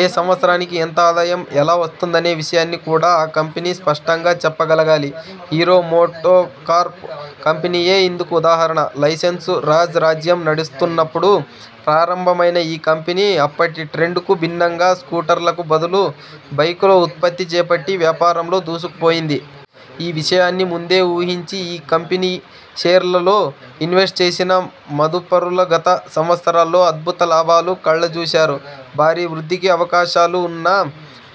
ఏ సంవత్సరానికి ఎంత ఆదాయం, ఎలా వస్తుందనే విషయాన్ని కూడా ఆ కంపెనీ స్పష్టంగా చెప్పగలగాలి. హీరో మోటో కార్ప్ కంపెనీయే ఇందుకు ఉదాహరణ. లైసెన్సు రాజ్ రాజ్యం నడుస్తున్నపుడు ప్రారంభమైనా ఈ కంపెనీ అప్పటి ట్రెండ్కు భిన్నంగా స్కూటర్లకు బదులు బైకుల ఉత్పత్తి చేపట్టి వ్యాపారంలో దూసుకుపోయింది. ఈ విషయాన్ని ముందే ఊహించి ఈ కంపెనీ షేర్లలో ఇన్వెస్ట్ చేసిన మదుపరులు గత సంవత్సరాల్లో అద్భుత లాభాలు కళ్లజూశారు. భారీ వృద్ధికి అవకాశాలు ఉన్న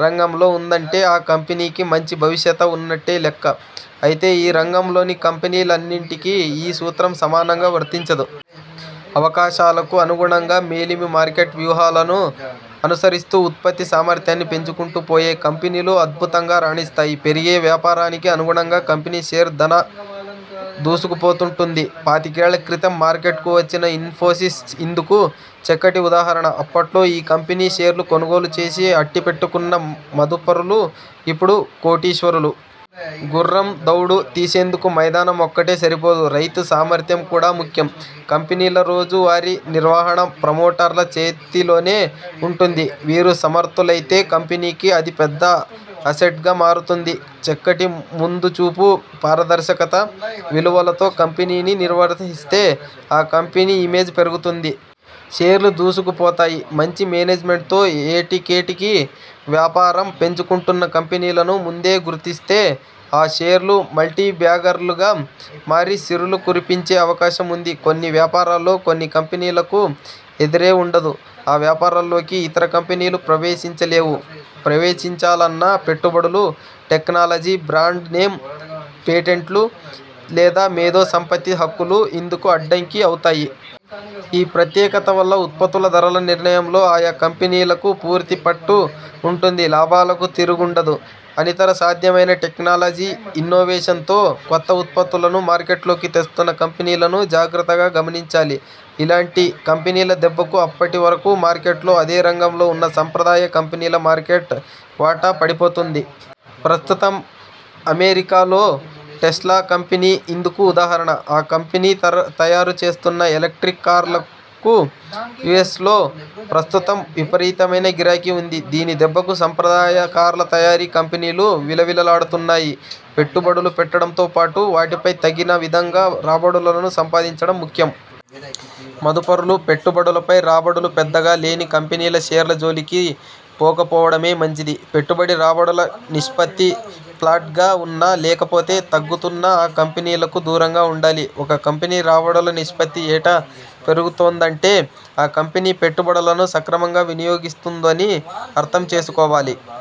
రంగంలో ఉందంటే ఆ కంపెనీకి మంచి భవిష్యత ఉన్నట్టే లెక్క. అయితే ఈ రంగంలోని కంపెనీలన్నింటికీ ఈ సూత్రం సమానంగా వర్తించదు. అవకాశాలకు అనుగుణంగా మేలిమి మార్కెట్ వ్యూహాలను అనుసరిస్తూ ఉత్పత్తి సామర్ధ్యాన్ని పెంచుకుంటూ పోయే కంపెనీలు అద్భుతంగా రాణిస్తాయి. పెరిగే వ్యాపారానికి అనుగుణంగా కంపెనీ షేర్ ధరా దూసుకుపోతుంటుంది. పాతికేళ్ల క్రితం మార్కెట్కు వచ్చిన ఇన్ఫోసిస్ ఇందుకు చక్కటి ఉదాహరణ. అప్పట్లో ఈ కంపెనీ షేర్లు కొనుగోలు చేసి అట్టిపెట్టుకున్న మదుపరులు ఇపుడు కోటీశ్వరులు. గుర్రం దౌడు తీసేందుకు మైదానం ఒక్కటే సరిపోదు. రౌతు సామర్ధ్యం కూడా ముఖ్యం. కంపెనీల రోజు వారీ నిర్వహణ ప్రమోటర్ల చేతిలోనే ఉంటుంది. వీరు సమర్ధులైతే కంపెనీకి అది పెద్ద అసెట్గా మారుతుంది. చక్కటి ముం దు చూపు, పారదర్శకత, విలువలతో కంపెనీని నిర్వహిస్తే ఆ కంపెనీ ఇమేజ్ పెరుగుతుంది. షేర్లూ దూసుకు పోతాయి. మంచి మేనేజ్మెంట్తో ఏటికేటికి వ్యాపారం పెంచుకుంటున్న కంపెనీలను ముందే గుర్తిస్తే ఆ షేర్లు మల్టీ బ్యాగర్లుగా మారి సిరులు కురిపించే అవకాశం ఉంది. కొన్ని వ్యాపారాల్లో కొన్ని కంపెనీలకు ఎదురే ఉండదు. ఆ వ్యాపారాల్లోకి ఇతర కంపెనీలు ప్రవేశించలేవు. ప్రవేశిం చాలన్నా పెట్టుబడులు, టెక్నాలజీ, బ్రాండ్ నేమ్, పేటెంట్లు లేదా మేధో సంపత్తి హక్కులు ఇందుకు అడ్డంకి అవుతాయి. ఈ ప్రత్యేకత వల్ల ఉత్పత్తుల ధరల నిర్ణయంలో ఆయా కంపెనీలకు పూర్తి పట్టు ఉంటుంది. లాభాలకు తిరు గుండదు. అనితర సాధ్యమైన టెక్నాలజీ, ఇన్నోవేషన్స్తో కొత్త ఉత్పత్తులను మార్కెట్లోకి తెస్తున్న కంపెనీలను జాగ్రత్తగా గమనించాలి. ఇలాంటి కంపెనీల దెబ్బకు అప్పటి వరకు మార్కెట్లో అదే రంగంలో ఉన్న సంప్రదాయ కంపెనీల మార్కెట్ వాటా పడిపోతుంది. ప్రస్తుతం అమె రికాలో టెస్లా కంపెనీ ఇందుకు ఉదాహరణ. ఈ కంపెనీ తయారు చేస్తున్న ఎలక్ర్టిక్ కార్లకు యుఎ్సలో ప్రస్తుతం విపరీతమైన గిరాకీ ఉంది. దీని దెబ్బకు సంప్రదాయ కార్ల తయారీ కంపెనీలు విలవిలలాడుతున్నాయి. పెట్టుబడులు పెట్టడంతోపాటు వాటిపై తగిన విధంగా రాబడులను సంపాదించడం ముఖ్యం. మదుపరులు పెట్టుబడులపై రాబడులు పెద్దగా లేని కంపెనీల షేర్ల జోలికి పోకపోవడమే మంచిది. పెట్టుబడి-రాబడుల నిష్పత్తి ఫ్లాట్గా ఉన్నా, లేకపోతే తగ్గుతున్నా ఆ కంపెనీలకు దూరంగా ఉండాలి. ఒక కంపెనీ రాబడుల నిష్పత్తి ఏటా పెరుగుతోందంటే ఆ కంపెనీ పెట్టుబడులను సక్రమంగా వినియోగిస్తోందని అర్థం చేసుకోవాలి.